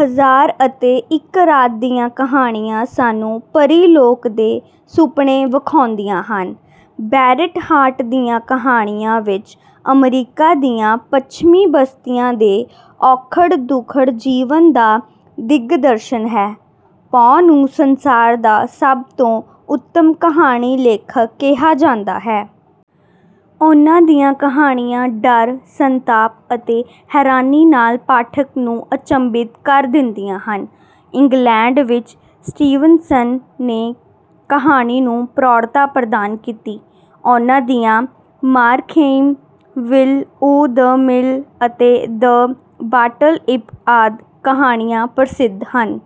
ਹਜ਼ਾਰ ਅਤੇ ਇੱਕ ਰਾਤ ਦੀਆਂ ਕਹਾਣੀਆਂ ਸਾਨੂੰ ਪਰੀਲੋਕ ਦੇ ਸੁਪਨੇ ਵਿਖਾਉਂਦੀਆਂ ਹਨ। ਬ੍ਰੈਟ ਹਾਰਟ ਦੀਆਂ ਕਹਾਣੀਆਂ ਵਿੱਚ ਅਮਰੀਕਾ ਦੀਆਂ ਪੱਛਮੀ ਬਸਤੀਆਂ ਦੇ ਔਖੜ-ਦੁਖੜ ਜੀਵਨ ਦਾ ਦਿਗਦਰਸ਼ਨ ਹੈ। ਪੋ ਨੂੰ ਸੰਸਾਰ ਦਾ ਸਭ ਤੋਂ ਉੱਤਮ ਕਹਾਣੀ ਲੇਖਕ ਕਿਹਾ ਜਾਂਦਾ ਹੈ। ਉਨ੍ਹਾਂ ਦੀਆਂ ਕਹਾਣੀਆਂ ਡਰ, ਸੰਤਾਪ ਅਤੇ ਹੈਰਾਨੀ ਨਾਲ ਪਾਠਕ ਨੂੰ ਅਚੰਭਿਤ ਕਰ ਦਿੰਦੀਆਂ ਹਨ। ਇੰਗਲੈਂਡ ਵਿੱਚ ਸਟੀਵਨਸਨ ਨੇ ਕਹਾਣੀ ਨੂੰ ਪ੍ਰੌੜਤਾ ਪ੍ਰਦਾਨ ਕੀਤੀ। ਉਨ੍ਹਾਂ ਦੀਆਂ ਮਾਰਖੇਇਮ, ਵਿਲ ਓ ਦ ਮਿਲ ਅਤੇ ਦ ਬਾਟਲ ਇੰਪ ਆਦਿ ਕਹਾਣੀਆਂ ਪ੍ਰਸਿੱਧ ਹਨ।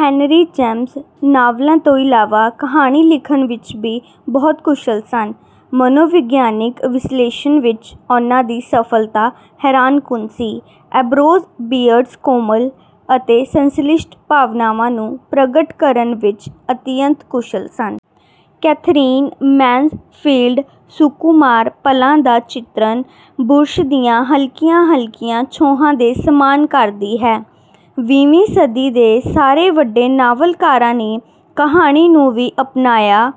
ਹੈਨਰੀ ਜੇਮਸ ਨਾਵਲਾਂ ਤੋਂ ਇਲਾਵਾ ਕਹਾਣੀ ਲਿਖਣ ਵਿੱਚ ਵੀ ਬਹੁਤ ਕੁਸ਼ਲ ਸਨ। ਮਨੋਵਿਗਿਆਨਕ ਵਿਸ਼ਲੇਸ਼ਣ ਵਿੱਚ ਉਨ੍ਹਾਂ ਦੀ ਸਫਲਤਾ ਹੈਰਾਨਕੁਨ ਸੀ। ਐਂਬਰੋਜ਼ ਬੀਅਰਸ ਕੋਮਲ ਅਤੇ ਸੰਸ਼ਲਿਸ਼ਟ ਭਾਵਨਾਵਾਂ ਨੂੰ ਪ੍ਰਗਟ ਕਰਨ ਵਿੱਚ ਅਤਿਅੰਤ ਕੁਸ਼ਲ ਸਨ। ਕੈਥਰੀਨ ਮੈਨਸਫੀਲਡ ਸੁਕੁਮਾਰ ਪਲਾਂ ਦਾ ਚਿਤਰਨ ਬੁਰਸ਼ ਦੀਆਂ ਹਲਕੀਆਂ-ਹਲਕੀਆਂ ਛੋਹਾਂ ਦੇ ਸਮਾਨ ਕਰਦੀ ਹੈ। ਵੀਹਵੀਂ ਸਦੀ ਦੇ ਸਾਰੇ ਵੱਡੇ ਨਾਵਲਕਾਰਾਂ ਨੇ ਕਹਾਣੀ ਨੂੰ ਵੀ ਅਪਣਾਇਆ।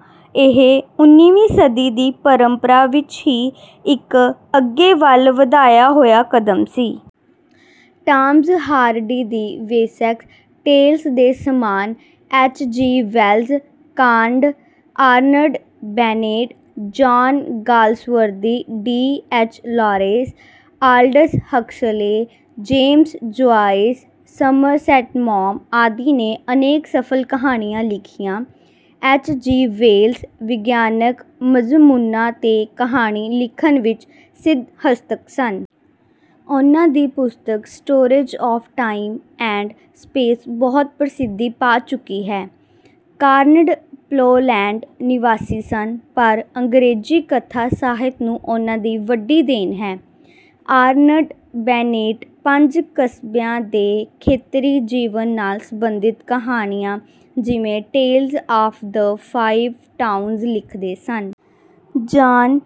ਇਹ ਉਨੀਵੀਂ ਸਦੀ ਦੀ ਪਰੰਪਰਾ ਵਿੱਚ ਹੀ ਇੱਕ ਅੱਗੇ ਵੱਲ ਵਧਾਇਆ ਹੋਇਆ ਕਦਮ ਸੀ। ਟਾਮਸ ਹਾਰਡੀ ਦੀ ਵੇਸੈਕਸ ਟੇਲਸ ਦੇ ਸਮਾਨ H. G. Wells, Conrad, Arnold Bennett, John Galsworthy, D. H. Lawrence, Aldous Huxley, James Joyce, Somerset Maugham ਆਦਿ ਨੇ ਅਨੇਕ ਸਫਲ ਕਹਾਣੀਆਂ ਲਿਖੀਆਂ। ਐਚ. ਜੀ. ਵੈਲਜ਼ ਵਿਗਿਆਨਕ ਮਜ਼ਮੂਨਾਂ 'ਤੇ ਕਹਾਣੀ ਲਿਖਣ ਵਿੱਚ ਸਿਧਹਸਤ ਸਨ। ਉਨ੍ਹਾਂ ਦੀ ਪੁਸਤਕ stories of time and space ਬਹੁਤ ਪ੍ਰਸਿੱਧੀ ਪਾ ਚੁੱਕੀ ਹੈ। ਕਾਨਰਡ ਪੋਲੈਂਡ ਨਿਵਾਸੀ ਸਨ, ਪਰ ਅੰਗਰੇਜ਼ੀ ਕਥਾ ਸਾਹਿਤ ਨੂੰ ਉਨ੍ਹਾਂ ਦੀ ਵੱਡੀ ਦੇਣ ਹੈ। ਆਰਨਲਡ ਬੈਨੇਟ ਪੰਜ ਕਸਬਿਆਂ ਦੇ ਖੇਤਰੀ ਜੀਵਨ ਨਾਲ ਸਬੰਧਤ ਕਹਾਣੀਆਂ, ਜਿਵੇਂ tales of the five towns ਲਿਖਦੇ ਸਨ। ਜਾਨ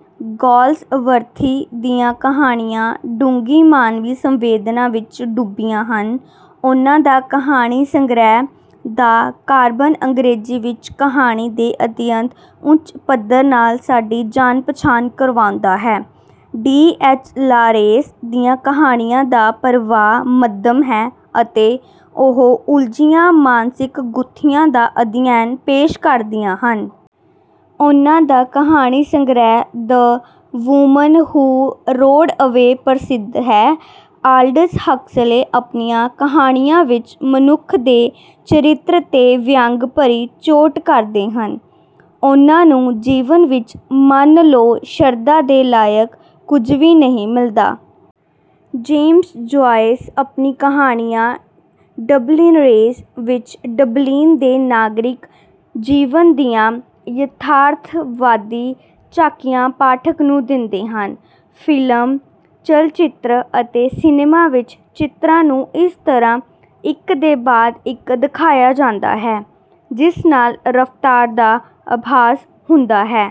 ਗਾਲਸਵਰਦੀ ਦੀਆਂ ਕਹਾਣੀਆਂ ਡੂੰਘੀ ਮਾਨਵੀ ਸੰਵੇਦਨਾ ਵਿੱਚ ਡੁੱਬੀਆਂ ਹਨ। ਉਨ੍ਹਾਂ ਦਾ ਕਹਾਣੀ ਸੰਗ੍ਰਹਿ ਦ ਕਾਰਵਨ ਅੰਗਰੇਜ਼ੀ ਵਿੱਚ ਕਹਾਣੀ ਦੇ ਅਤਿਅੰਤ ਉੱਚ ਪੱਧਰ ਨਾਲ ਸਾਡੀ ਜਾਣ-ਪਛਾਣ ਕਰਾਉਂਦਾ ਹੈ। ਡੀ. ਐਚ. ਲਾਰੇਂਸ ਦੀਆਂ ਕਹਾਣੀਆਂ ਦਾ ਪ੍ਰਵਾਹ ਮੱਧਮ ਹੈ ਅਤੇ ਉਹ ਉਲਝੀਆਂ ਮਾਨਸਿਕ ਗੁੱਥੀਆਂ ਦਾ ਅਧਿਐਨ ਪੇਸ਼ ਕਰਦੀਆਂ ਹਨ। ਉਨ੍ਹਾਂ ਦਾ ਕਹਾਣੀ ਸੰਗ੍ਰਹਿ ਦ ਵੂਮਨ ਹੂ ਰੋਡ ਅਵੇ ਪ੍ਰਸਿੱਧ ਹੈ। ਆਲਡਸ ਹਕਸਲੇ ਆਪਣੀਆਂ ਕਹਾਣੀਆਂ ਵਿੱਚ ਮਨੁੱਖ ਦੇ ਚਰਿੱਤਰ 'ਤੇ ਵਿਅੰਗ ਭਰੀ ਚੋਟ ਕਰਦੇ ਹਨ। ਉਨ੍ਹਾਂ ਨੂੰ ਜੀਵਨ ਵਿੱਚ ਮੰਨ ਲਓ ਸ਼ਰਧਾ ਦੇ ਲਾਇਕ ਕੁਝ ਵੀ ਨਹੀਂ ਮਿਲਦਾ। ਜੇਮਸ ਜੁਆਇਸ ਆਪਣੀਆਂ ਕਹਾਣੀਆਂ ਡਬਲਿਨਰਜ਼ ਵਿੱਚ ਡਬਲਿਨ ਦੇ ਨਾਗਰਿਕ ਜੀਵਨ ਦੀਆਂ ਯਥਾਰਥਵਾਦੀ ਝਾਕੀਆਂ ਪਾਠਕ ਨੂੰ ਦਿੰਦੇ ਹਨ। ਫ਼ਿਲਮ, ਚਲਚਿੱਤਰ ਅਤੇ ਸਿਨੇਮਾ ਵਿੱਚ ਚਿੱਤਰਾਂ ਨੂੰ ਇਸ ਤਰ੍ਹਾਂ ਇੱਕ ਦੇ ਬਾਅਦ ਇੱਕ ਦਿਖਾਇਆ ਜਾਂਦਾ ਹੈ ਜਿਸ ਨਾਲ ਰਫ਼ਤਾਰ ਦਾ ਆਭਾਸ ਹੁੰਦਾ ਹੈ।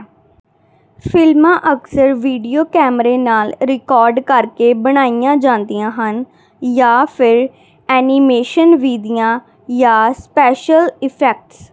ਫਿਲਮਾਂ ਅਕਸਰ ਵੀਡੀਓ ਕੈਮਰੇ ਨਾਲ ਰਿਕਾਰਡ ਕਰਕੇ ਬਣਾਈਆਂ ਜਾਂਦੀਆਂ ਹਨ, ਜਾਂ ਫਿਰ ਐਨੀਮੇਸ਼ਨ ਵਿਧੀਆਂ ਜਾਂ ਸਪੈਸ਼ਲ ਇਫੈਕਟਸ